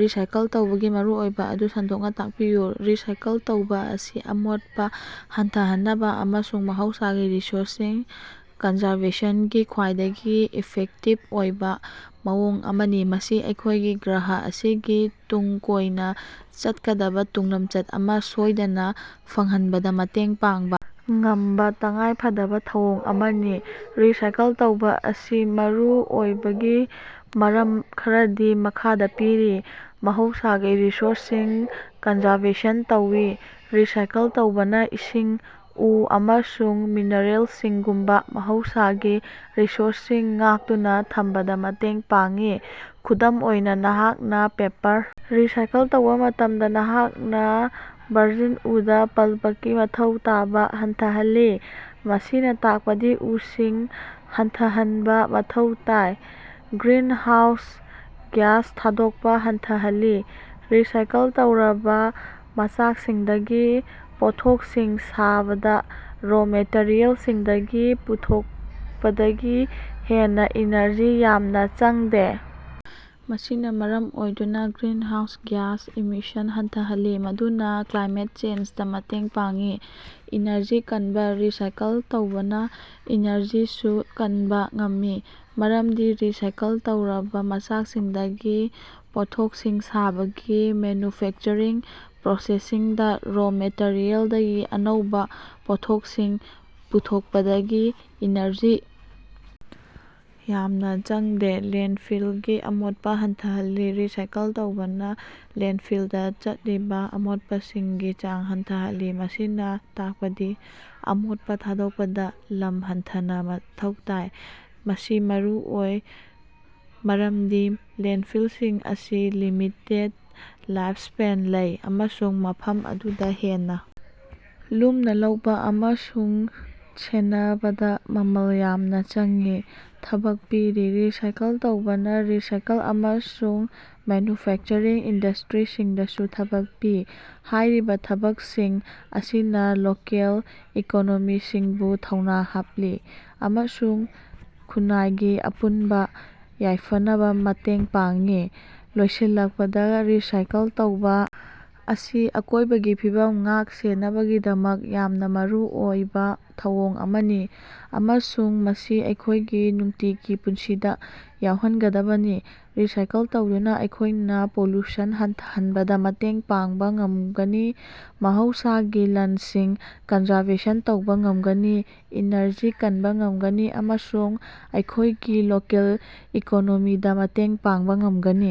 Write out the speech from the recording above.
Recycle ꯇꯧꯕꯒꯤ ꯃꯔꯨꯑꯣꯏꯕ ꯑꯗꯨ ꯁꯟꯗꯣꯛꯅ ꯇꯥꯛꯄꯤꯌꯨ꯫ ꯔꯤꯁꯥꯏꯀꯜ ꯇꯧꯕꯥ ꯑꯁꯤ ꯑꯃꯣꯠꯄ ꯍꯟꯊꯍꯟꯅꯕ ꯑꯃꯁꯨꯡ ꯃꯍꯧꯁꯥꯒꯤ ꯔꯤꯁꯣꯔꯁꯁꯤꯡ ꯀꯟꯖꯔꯕꯦꯁꯟꯒꯤ ꯈ꯭ꯋꯥꯏꯗꯒꯤ ꯏꯐꯦꯛꯇꯤꯕ ꯑꯣꯏꯕ ꯃꯑꯣꯡ ꯑꯃꯅꯤ꯫ ꯃꯁꯤ ꯑꯩꯈꯣꯏꯒꯤ ꯒ꯭ꯔꯍ ꯑꯁꯤꯒꯤ ꯇꯨꯡ ꯀꯣꯏꯅ ꯆꯠꯀꯗꯕ ꯇꯨꯡꯂꯝꯆꯠ ꯑꯃ ꯁꯣꯏꯗꯅ ꯐꯪꯍꯟꯕꯗ ꯃꯇꯦꯡ ꯄꯥꯡꯕ ꯉꯝꯕ ꯇꯉꯥꯏꯐꯗꯕ ꯊꯧꯑꯣꯡ ꯑꯃꯅꯤ꯫ ꯔꯤꯁꯥꯏꯀꯜ ꯇꯧꯕ ꯑꯁꯤ ꯃꯔꯨꯑꯣꯏꯕꯒꯤ ꯃꯔꯝ ꯈꯔꯗꯤ ꯃꯈꯥꯗ ꯄꯤꯔꯤ: ꯃꯍꯧꯁꯥꯒꯤ ꯔꯤꯁꯣꯔꯁꯁꯤꯡ ꯀꯟꯖꯔꯕꯦꯁꯟ ꯇꯧꯏ ꯫ ꯔꯤꯁꯥꯏꯀꯜ ꯇꯧꯕꯅ ꯏꯁꯤꯡ, ꯎ ꯑꯃꯁꯨꯡ ꯃꯤꯅꯔꯦꯜꯁꯤꯡꯒꯨꯝꯕ ꯃꯍꯧꯁꯥꯒꯤ ꯔꯤꯁꯣꯔꯁꯁꯤꯡ ꯉꯥꯛꯇꯨꯅ ꯊꯝꯕꯗ ꯃꯇꯦꯡ ꯄꯥꯡꯏ꯫ ꯈꯨꯗꯝ ꯑꯣꯏꯅ ꯅꯍꯥꯛꯅ ꯄꯦꯄꯔ ꯔꯤꯁꯥꯏꯀꯜ ꯇꯧꯕ ꯃꯇꯝꯗ, ꯅꯍꯥꯛꯅ ꯚꯔꯖꯤꯟ ꯎꯗ ꯄꯜꯄꯀꯤ ꯃꯊꯧ ꯇꯥꯕ ꯍꯟꯊꯍꯜꯂꯤ꯫ ꯃꯁꯤꯅ ꯇꯥꯛꯄꯗꯤ ꯎꯁꯤꯡ ꯍꯟꯊꯍꯟꯕ ꯃꯊꯧ ꯇꯥꯏ꯫ ꯒ꯭ꯔꯤꯟ ꯍꯥꯎꯁ ꯒ꯭ꯌꯥꯁ ꯊꯥꯗꯣꯛꯄ ꯍꯟꯊꯍꯜꯂꯤ꯫ ꯔꯤꯁꯥꯏꯀꯜ ꯇꯧꯔꯕ ꯃꯆꯥꯛꯁꯤꯡꯗꯒꯤ ꯄꯣꯠꯊꯣꯛꯁꯤꯡ ꯁꯥꯕꯗ ꯔꯣ ꯃꯦꯇꯔꯤꯌꯦꯜꯁꯤꯡꯗꯒꯤ ꯄꯨꯊꯣꯛꯄꯗꯒꯤ ꯍꯦꯟꯅ ꯏꯅꯔꯖꯤ ꯌꯥꯝꯅ ꯆꯪꯗꯦ꯫ ꯃꯁꯤꯅ ꯃꯔꯝ ꯑꯣꯏꯗꯨꯅ ꯒ꯭ꯔꯤꯟꯍꯥꯎꯁ ꯒ꯭ꯌꯥꯁ ꯏꯃꯤꯁꯟ ꯍꯟꯊꯍꯜꯂꯤ꯫ ꯃꯗꯨꯅ ꯀ꯭ꯂꯥꯏꯃꯦꯠ ꯆꯦꯟꯖꯗ ꯃꯇꯦꯡ ꯄꯥꯡꯏ꯫ ꯏꯅꯔꯖꯤ ꯀꯟꯕ: ꯔꯤꯁꯥꯏꯀꯜ ꯇꯧꯕꯅ ꯏꯅꯔꯖꯤꯁꯨ ꯀꯟꯕ ꯉꯝꯃꯤ ꯃꯔꯝꯗꯤ ꯔꯤꯁꯥꯏꯀꯜ ꯇꯧꯔꯕ ꯃꯆꯥꯛꯁꯤꯡꯗꯒꯤ ꯄꯣꯠꯊꯣꯛꯁꯤꯡ ꯁꯥꯕꯒꯤ ꯃꯦꯟꯌꯨꯐꯦꯛꯆꯔꯤꯡ ꯄ꯭ꯔꯣꯁꯦꯁꯁꯤꯡꯗ ꯔꯣ ꯃꯦꯇꯔꯤꯌꯦꯜꯗꯒꯤ ꯑꯅꯧꯕ ꯄꯣꯠꯊꯣꯛꯁꯤꯡ ꯄꯨꯊꯣꯛꯄꯗꯒꯤ ꯏꯅꯔꯖꯤ ꯌꯥꯝꯅ ꯆꯪꯗꯦ꯫ ꯂꯦꯟꯗꯐꯤꯜꯒꯤ ꯑꯃꯣꯠꯄ ꯍꯟꯊꯍꯜꯂꯤ: ꯔꯤꯁꯥꯏꯀꯜ ꯇꯧꯕꯅꯥ ꯂꯦꯟꯗꯐꯤꯜꯗ ꯆꯠꯂꯤꯕ ꯑꯃꯣꯠꯄꯁꯤꯡꯒꯤ ꯆꯥꯡ ꯍꯟꯊꯍꯜꯂꯤ꯫ ꯃꯁꯤꯅ ꯇꯥꯛꯄꯗꯤ ꯑꯃꯣꯠꯄ ꯊꯥꯗꯣꯛꯄꯗ ꯂꯝ ꯍꯟꯊꯅ ꯃꯊꯧ ꯇꯥꯏ꯫ ꯃꯁꯤ ꯃꯔꯨꯑꯣꯏ ꯃꯔꯝꯗꯤ ꯂꯦꯟꯗꯐꯤꯜꯁꯤꯡ ꯑꯁꯤ ꯂꯤꯃꯤꯇꯦꯗ ꯂꯥꯏꯐꯁ꯭ꯄꯦꯟ ꯂꯩ ꯫ ꯑꯃꯁꯨꯡ ꯃꯐꯝ ꯑꯗꯨꯗ ꯍꯦꯟꯅ ꯂꯨꯝꯅ ꯂꯧꯕ ꯑꯃꯁꯨꯡ ꯁꯦꯟꯅꯕꯗ ꯃꯃꯜ ꯌꯥꯝꯅ ꯆꯪꯏ꯫ ꯊꯕꯛ ꯄꯤꯔꯤ: ꯔꯤꯁꯥꯏꯀꯜ ꯇꯧꯕꯅ ꯔꯤꯁꯥꯏꯀꯜ ꯑꯃꯁꯨꯡ ꯃꯦꯟꯌꯨꯐꯦꯛꯆꯔꯤꯡ ꯏꯟꯗꯁ꯭ꯇꯔꯤꯁꯤꯡꯗꯁꯨ ꯊꯕꯛ ꯄꯤ꯫ ꯍꯥꯏꯔꯤꯕ ꯊꯕꯛꯁꯤꯡ ꯑꯁꯤꯅ ꯂꯣꯀꯦꯜ ꯏꯀꯣꯅꯣꯃꯤꯁꯤꯡꯕꯨ ꯊꯧꯅ ꯍꯥꯞꯂꯤ꯫ ꯑꯃꯁꯨꯡ ꯈꯨꯟꯅꯥꯏꯒꯤ ꯑꯄꯨꯟꯕ ꯌꯥꯏꯐꯅꯕ ꯃꯇꯦꯡ ꯄꯥꯡꯏ꯫ ꯂꯣꯏꯁꯤꯜꯂꯛꯄꯗ ꯔꯤꯁꯥꯏꯀꯜ ꯇꯧꯕ ꯑꯁꯤ ꯑꯀꯣꯏꯕꯒꯤ ꯐꯤꯕꯝ ꯉꯥꯛ-ꯁꯦꯟꯅꯕꯒꯤꯗꯃꯛ ꯌꯥꯝꯅ ꯃꯔꯨꯑꯣꯏꯕ ꯊꯧꯑꯣꯡ ꯑꯃꯅꯤ꯫ꯑꯃꯁꯨꯡ ꯃꯁꯤ ꯑꯩꯈꯣꯏꯒꯤ ꯅꯨꯡꯇꯤꯒꯤ ꯄꯨꯟꯁꯤꯗ ꯌꯥꯎꯍꯟꯒꯗꯕꯅꯤ꯫ ꯔꯤꯁꯥꯏꯀꯜ ꯇꯧꯗꯨꯅ ꯑꯩꯈꯣꯏꯅ ꯄꯣꯂꯨꯁꯟ ꯍꯟꯊꯍꯟꯕꯗ ꯃꯇꯦꯡ ꯄꯥꯡꯕ ꯉꯝꯒꯅꯤ꯫ ꯃꯍꯧꯁꯥꯒꯤ ꯂꯟꯁꯤꯡ ꯀꯟꯖꯔꯕꯦꯁꯟ ꯇꯧꯕ ꯉꯝꯒꯅꯤ꯫ꯏꯅꯔꯖꯤ ꯀꯟꯕ ꯉꯝꯒꯅꯤ ꯑꯃꯁꯨꯡ ꯑꯩꯈꯣꯢꯒꯤ ꯂꯣꯀꯦꯜ ꯏꯀꯣꯅꯣꯃꯤꯗ ꯃꯇꯦꯡ ꯄꯥꯡꯕ ꯉꯝꯒꯅꯤ꯫